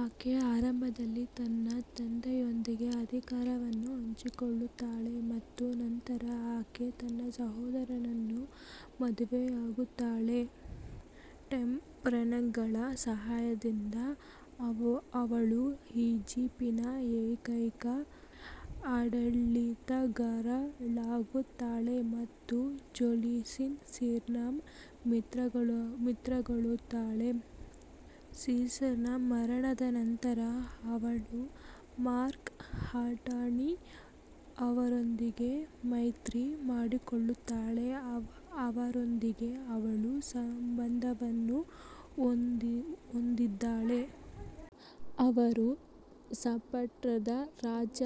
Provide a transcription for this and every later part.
ಆಕೆ ಆರಂಭದಲ್ಲಿ ತನ್ನ ತಂದೆಯೊಂದಿಗೆ ಅಧಿಕಾರವನ್ನು ಹಂಚಿಕೊಳ್ಳುತ್ತಾಳೆ, ಮತ್ತು ನಂತರ, ಆಕೆ ತನ್ನ ಸಹೋದರರನ್ನು ಮದುವೆಯಾಗುತ್ತಾಳೆ. ಟೆಂಪ್ಲರ್ಗಳ ಸಹಾಯದಿಂದ, ಅವಳು ಈಜಿಪ್ಟಿನ ಏಕೈಕ ಆಡಳಿತಗಾರಳಾಗುತ್ತಾಳೆ ಮತ್ತು ಜೂಲಿಯಸ್ ಸೀಸರ್ನ ಮಿತ್ರಳಾಗುತ್ತಾಳೆ. ಸೀಸರ್ನ ಮರಣದ ನಂತರ, ಅವಳು ಮಾರ್ಕ್ ಆಂಟನಿ ಅವರೊಂದಿಗೆ ಮೈತ್ರಿ ಮಾಡಿಕೊಳ್ಳುತ್ತಾಳೆ, ಅವರೊಂದಿಗೆ ಅವಳು ಸಂಬಂಧವನ್ನು ಹೊಂದಿದ್ದಾಳೆ. ಅವರು ಸ್ಪಾರ್ಟಾದ ರಾಜ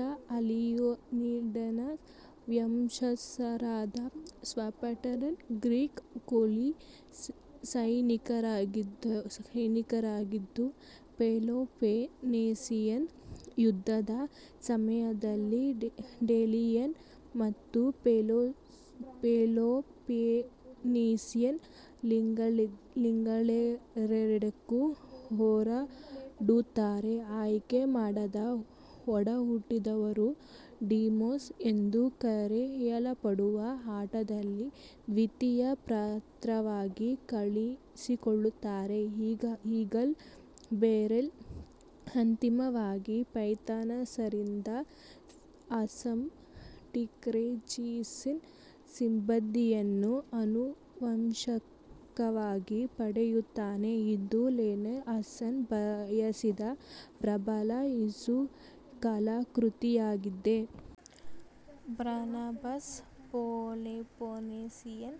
ಲಿಯೊನಿಡಾಸ್ನ ವಂಶಸ್ಥರಾದ ಸ್ಪಾರ್ಟಾದ ಗ್ರೀಕ್ ಕೂಲಿ ಸೈನಿಕರಾಗಿದ್ದು, ಪೆಲೋಪೊನೆಸಿಯನ್ ಯುದ್ಧದ ಸಮಯದಲ್ಲಿ ಡೆಲಿಯನ್ ಮತ್ತು ಪೆಲೋಪೊನೆಸಿಯನ್ ಲೀಗ್ಗಳೆರಡಕ್ಕೂ ಹೋರಾಡುತ್ತಾರೆ. ಆಯ್ಕೆ ಮಾಡದ ಒಡಹುಟ್ಟಿದವರು ಡಿಮೋಸ್ ಎಂದು ಕರೆಯಲ್ಪಡುವ ಆಟದಲ್ಲಿ ದ್ವಿತೀಯ ಪಾತ್ರವಾಗಿ ಕಾಣಿಸಿಕೊಳ್ಳುತ್ತಾರೆ. ಈಗಲ್ ಬೇರರ್ ಅಂತಿಮವಾಗಿ ಪೈಥಾಗರಸ್ನಿಂದ ಹರ್ಮೆಸ್ ಟ್ರಿಸ್ಮೆಜಿಸ್ಟಸ್ನ ಸಿಬ್ಬಂದಿಯನ್ನು ಆನುವಂಶಿಕವಾಗಿ ಪಡೆಯುತ್ತಾನೆ, ಇದು ಲೈಲಾ ಹಸನ್ ಬಯಸಿದ ಪ್ರಬಲ ಇಸು ಕಲಾಕೃತಿಯಾಗಿದೆ. ಬರ್ನಬಾಸ್ ಪೆಲೋಪೊನೆಸಿಯನ್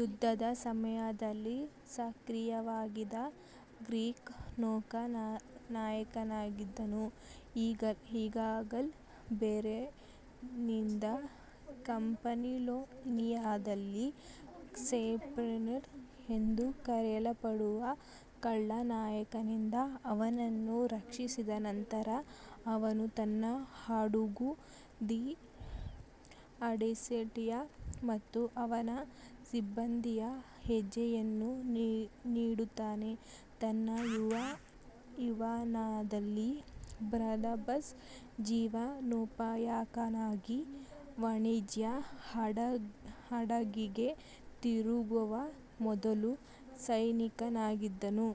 ಯುದ್ಧದ ಸಮಯದಲ್ಲಿ ಸಕ್ರಿಯವಾಗಿದ್ದ ಗ್ರೀಕ್ ನೌಕಾ ನಾಯಕನಾಗಿದ್ದನು. ಈಗಲ್ ಬೇರರ್ನಿಂದ ಕೆಫಾಲೋನಿಯಾದಲ್ಲಿ ಸೈಕ್ಲೋಪ್ಸ್ ಎಂದು ಕರೆಯಲ್ಪಡುವ ಕಳ್ಳ ನಾಯಕನಿಂದ ಅವನನ್ನು ರಕ್ಷಿಸಿದ ನಂತರ, ಅವನು ತನ್ನ ಹಡಗು, ದಿ ಅಡ್ರೆಸ್ಟಿಯಾ ಮತ್ತು ಅವನ ಸಿಬ್ಬಂದಿಯ ಆಜ್ಞೆಯನ್ನು ನೀಡುತ್ತಾನೆ. ತನ್ನ ಯೌವನದಲ್ಲಿ, ಬರ್ನಬಾಸ್ ಜೀವನೋಪಾಯಕ್ಕಾಗಿ ವಾಣಿಜ್ಯ ಹಡಗಿಗೆ ತಿರುಗುವ ಮೊದಲು ಸೈನಿಕನಾಗಿದ್ದನು.